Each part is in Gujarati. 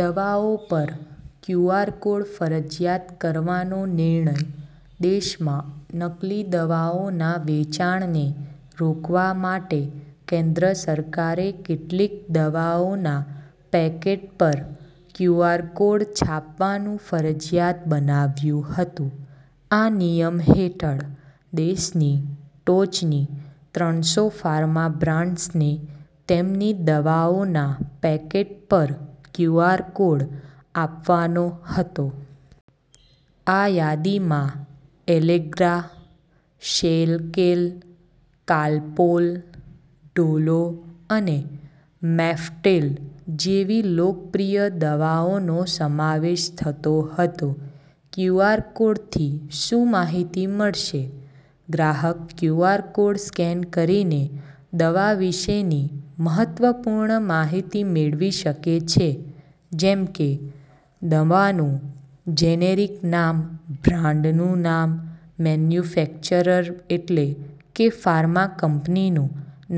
દવાઓ પર ક્યૂઆર કોડ ફરજિયાત કરવાનો નિર્ણય દેશમાં નકલી દવાઓના વેચાણને રોકવા માટે કેન્દ્ર સરકારે કેટલીક દવાઓના પેકેટ પર ક્યૂઆર કોડ છાપવાનું ફરજિયાત બનાવ્યું હતું. આ નિયમ હેઠળ દેશની ટોચની ત્રણસો ફાર્મા બ્રાન્ડ્સને તેમની દવાઓના પેકેટ પર ક્યૂઆર કોડ આપવાનો હતો. આ યાદીમાં એલેગ્રા, શેલકેલ, કાલપોલ, ડોલો અને મેફ્ટેલ જેવી લોકપ્રિય દવાઓનો સમાવેશ થતો હતો. ક્યૂઆર કોડથી શું માહિતી મળશે? ગ્રાહક ક્યૂઆર કોડ સ્કેન કરીને દવા વિશેની મહત્વપૂર્ણ માહિતી મેળવી શકે છે, જેમ કે: દવાનું જેનેરિક નામ બ્રાન્ડનું નામ મેન્યુફેક્ચરર એટલે કે ફાર્મા કંપનીનું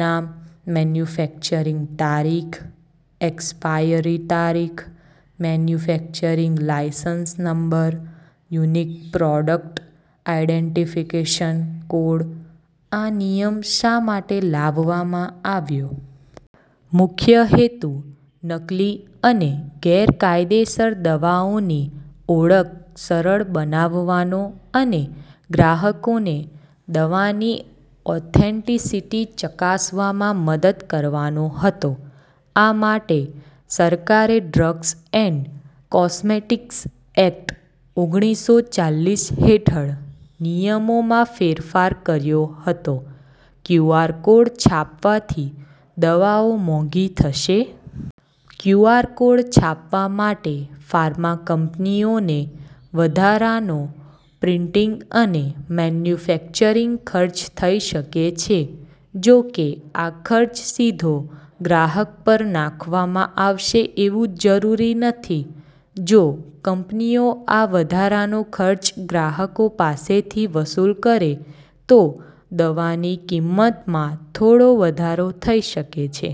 નામ મેન્યુફેક્ચરિંગ તારીખ એક્સપાયરી તારીખ manufacturing licence number unique product identification code આ નિયમ શા માટે લાવવામાં આવ્યો? મુખ્ય હેતુ નકલી અને ગેરકાયદેસર દવાઓની ઓળખ સરળ બનાવવાનો અને ગ્રાહકોને દવાની ઓથેન્ટિસિટી ચકાસવામાં મદદ કરવાનો હતો. આ માટે સરકારે ડ્રગ્સ એન્ડ કોસ્મેટિક્સ એક્ટ, ઓગણીસો ચાલીસ હેઠળ નિયમોમાં ફેરફાર કર્યો હતો. ક્યૂઆર કોડ છાપવાથી દવાઓ મોંઘી થશે? ક્યૂઆર કોડ છાપવા માટે ફાર્મા કંપનીઓને વધારાનો પ્રિન્ટિંગ અને મેન્યુફેક્ચરિંગ ખર્ચ થઈ શકે છે. જોકે, આ ખર્ચ સીધો ગ્રાહક પર નાખવામાં આવશે એવું જરૂરી નથી. જો કંપનીઓ આ વધારાનો ખર્ચ ગ્રાહકો પાસેથી વસૂલ કરે, તો દવાની કિંમતમાં થોડો વધારો થઈ શકે છે.